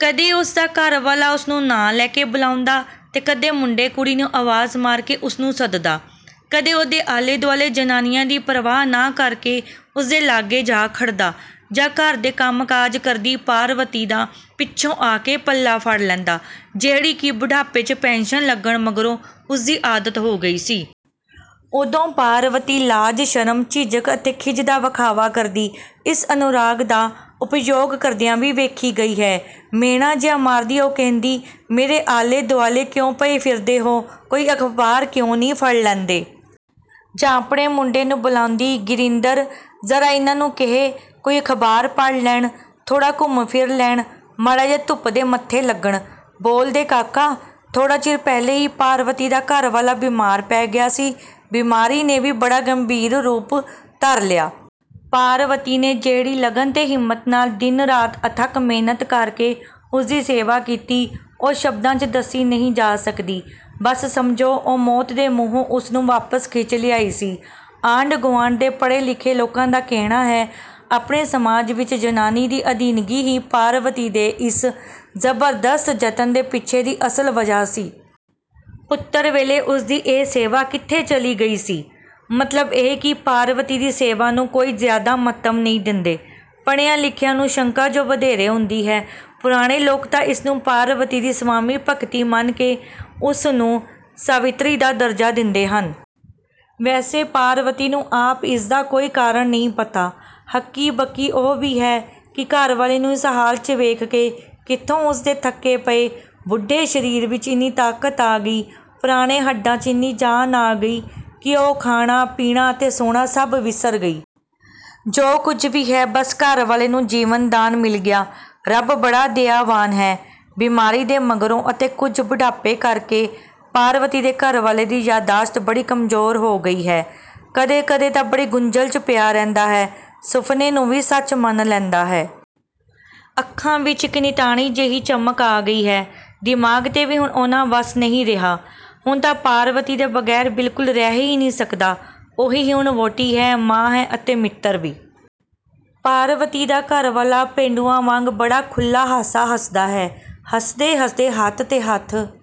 ਕਦੇ ਉਸਦਾ ਘਰਵਾਲਾ ਉਸਨੂੰ ਨਾਂ ਲੈ ਕੇ ਬੁਲਾਉਂਦਾ 'ਤੇ ਕਦੇ ਮੁੰਡੇ-ਕੁੜੀ ਨੂੰ ਅਵਾਜ਼ ਮਾਰ ਕੇ ਉਸਨੂੰ ਸੱਦਦਾ। ਕਦੇ ਉਹਦੇ ਆਲੇ-ਦੁਆਲੇ ਜਨਾਨੀਆਂ ਦੀ ਪਰਵਾਹ ਨਾ ਕਰਕੇ ਉਸਦੇ ਲਾਗੇ ਜਾ ਖੜ੍ਹਦਾ, ਜਾਂ ਘਰ ਦੇ ਕੰਮ-ਕਾਜ ਕਰਦੀ ਪਾਰਵਤੀ ਦਾ ਪਿੱਛੋਂ ਆ ਕੇ ਪੱਲਾ ਫੜ ਲੈਂਦਾ, ਜਿਹੜੀ ਕਿ ਬੁਢਾਪੇ 'ਚ ਪੈਨਸ਼ਨ ਲੱਗਣ ਮਗਰੋਂ ਉਸਦੀ ਆਦਤ ਹੋ ਗਈ ਸੀ। ਉਦੋਂ ਪਾਰਵਤੀ ਲਾਜ-ਸ਼ਰਮ, ਝਿਝਕ ਅਤੇ ਖਿੱਝ ਦਾ ਵਖਾਵਾ ਕਰਦੀ, ਇਸ ਅਨੁਰਾਗ ਦਾ ਉਪਯੋਗ ਕਰਦਿਆਂ ਵੀ ਵੇਖੀ ਗਈ ਹੈ। ਮਿਹਣਾ ਜਿਹਾ ਮਾਰਦੀ ਉਹ ਕਹਿੰਦੀ, "ਮੇਰੇ ਆਲੇ-ਦੁਆਲੇ ਕਿਉਂ ਪਏ ਫਿਰਦੇ ਹੋ? ਕੋਈ ਅਖ਼ਬਾਰ ਕਿਉਂ ਨਹੀਂ ਫੜ ਲੈਂਦੇ?" ਜਾਂ ਆਪਣੇ ਮੁੰਡੇ ਨੂੰ ਬੁਲਾਉਂਦੀ "ਗਿਰਿੰਦਰ, ਜ਼ਰਾ ਇਨ੍ਹਾਂ ਨੂੰ ਕਹਿ ਕੋਈ ਅਖ਼ਬਾਰ ਪੜ੍ਹ ਲੈਣ, ਥੋੜ੍ਹਾ ਘੁੰਮ-ਫਿਰ ਲੈਣ, ਮਾੜਾ ਜਿਹਾ ਧੁੱਪ ਦੇ ਮੱਥੇ ਲੱਗਣ, ਬੋਲ ਦੇ ਕਾਕਾ!" ਥੋੜ੍ਹਾ ਚਿਰ ਪਹਿਲੇ ਹੀ ਪਾਰਵਤੀ ਦਾ ਘਰਵਾਲਾ ਬਿਮਾਰ ਪੈ ਗਿਆ ਸੀ, ਬਿਮਾਰੀ ਨੇ ਵੀ ਬੜਾ ਗੰਭੀਰ ਰੂਪ ਧਰ ਲਿਆ। ਪਾਰਵਤੀ ਨੇ ਜਿਹੜੀ ਲਗਨ 'ਤੇ ਹਿੰਮਤ ਨਾਲ਼ ਦਿਨ-ਰਾਤ ਅਥੱਕ ਮਿਹਨਤ ਕਰਕੇ ਉਸਦੀ ਸੇਵਾ ਕੀਤੀ ਉਹ ਸ਼ਬਦਾਂ 'ਚ ਦੱਸੀ ਨਹੀਂ ਜਾ ਸਕਦੀ। ਬੱਸ ਸਮਝੋ, ਉਹ ਮੌਤ ਦੇ ਮੂੰਹੋਂ ਉਸਨੂੰ ਵਾਪਸ ਖਿੱਚ ਲਿਆਈ ਸੀ। ਆਂਢ-ਗੁਆਂਢ ਦੇ ਪੜ੍ਹੇ-ਲਿਖੇ ਲੋਕਾਂ ਦਾ ਕਹਿਣਾ ਹੈ, ਆਪਣੇ ਸਮਾਜ ਵਿੱਚ ਜਨਾਨੀ ਦੀ ਅਧੀਨਗੀ ਹੀ ਪਾਰਵਤੀ ਦੇ ਇਸ ਜ਼ਬਰਦਸਤ ਜਤਨ ਦੇ ਪਿੱਛੇ ਦੀ ਅਸਲ ਵਜ੍ਹਾ ਸੀ। ਪੁੱਤਰ ਵੇਲੇ ਉਸਦੀ ਇਹ ਸੇਵਾ ਕਿੱਥੇ ਚਲੀ ਗਈ ਸੀ? ਮਤਲਬ ਇਹ ਕਿ ਪਾਰਵਤੀ ਦੀ ਸੇਵਾ ਨੂੰ ਕੋਈ ਜ਼ਿਆਦਾ ਮਹੱਤਵ ਨਹੀਂ ਦਿੰਦੇ; ਪੜ੍ਹਿਆਂ-ਲਿਖਿਆਂ ਨੂੰ ਸ਼ੰਕਾ ਜੋ ਵਧੇਰੇ ਹੁੰਦੀ ਹੈ। ਪੁਰਾਣੇ ਲੋਕ ਤਾਂ ਇਸਨੂੰ ਪਾਰਵਤੀ ਦੀ ਸਵਾਮੀ-ਭਕਤੀ ਮੰਨ ਕੇ ਉਸਨੂੰ ਸਾਵਿਤਰੀ ਦਾ ਦਰਜਾ ਦਿੰਦੇ ਹਨ। ਵੈਸੇ ਪਾਰਵਤੀ ਨੂੰ ਆਪ ਇਸਦਾ ਕੋਈ ਕਾਰਣ ਨਹੀਂ ਪਤਾ। ਹੱਕੀ-ਬੱਕੀ ਉਹ ਵੀ ਹੈ ਕਿ ਘਰਵਾਲੇ ਨੂੰ ਇਸ ਹਾਲ 'ਚ ਵੇਖ ਕੇ ਕਿੱਥੋਂ ਉਸਦੇ ਥੱਕੇ ਪਏ, ਬੁੱਢੇ ਸ਼ਰੀਰ ਵਿੱਚ ਇੰਨੀ ਤਾਕਤ ਆ ਗਈ, ਪੁਰਾਣੇ ਹੱਡਾਂ 'ਚ ਇੰਨੀ ਜਾਨ ਆ ਗਈ ਕਿ ਉਹ ਖਾਣਾ, ਪੀਣਾ ਅਤੇ ਸੌਣਾ ਸਭ ਵਿਸਰ ਗਈ। ਜੋ ਕੁੱਝ ਵੀ ਹੈ, ਬੱਸ ਘਰਵਾਲੇ ਨੂੰ ਜੀਵਨਦਾਨ ਮਿਲ ਗਿਆ; ਰੱਬ ਬੜਾ ਦਇਆਵਾਨ ਹੈ! ਬਿਮਾਰੀ ਦੇ ਮਗਰੋਂ, ਅਤੇ ਕੁੱਝ ਬੁਢਾਪੇ ਕਰਕੇ ਪਾਰਵਤੀ ਦੇ ਘਰਵਾਲੇ ਦੀ ਯਾਦਾਸ਼ਤ ਬੜੀ ਕਮਜ਼ੋਰ ਹੋ ਗਈ ਹੈ। ਕਦੇ-ਕਦੇ ਤਾਂ ਬੜੀ ਗੁੰਝਲ 'ਚ ਪਿਆ ਰਹਿੰਦਾ ਹੈ, ਸੁਫ਼ਨੇ ਨੂੰ ਵੀ ਸੱਚ ਮੰਨ ਲੈਂਦਾ ਹੈ। ਅੱਖਾਂ ਵਿੱਚ ਇੱਕ ਨਿਤਾਣੀ ਜਿਹੀ ਚਮਕ ਆ ਗਈ ਹੈ। ਦਿਮਾਗ 'ਤੇ ਵੀ ਹੁਣ ਓਨਾ ਵੱਸ ਨਹੀਂ ਰਿਹਾ। ਹੁਣ ਤਾਂ ਪਾਰਵਤੀ ਦੇ ਬਗ਼ੈਰ ਬਿਲਕੁਲ ਰਹਿ ਹੀ ਨਹੀਂ ਸਕਦਾ। ਉਹੀ ਹੁਣ ਵਹੁਟੀ ਹੈ, ਮਾਂ ਹੈ ਅਤੇ ਮਿੱਤਰ ਵੀ। ਪਾਰਵਤੀ ਦਾ ਘਰਵਾਲਾ ਪੇਂਡੂਆਂ ਵਾਂਗ ਬੜਾ ਖੁੱਲ੍ਹਾ ਹਾਸਾ ਹੱਸਦਾ ਹੈ, ਹੱਸਦੇ-ਹੱਸਦੇ ਹੱਥ 'ਤੇ ਹੱਥ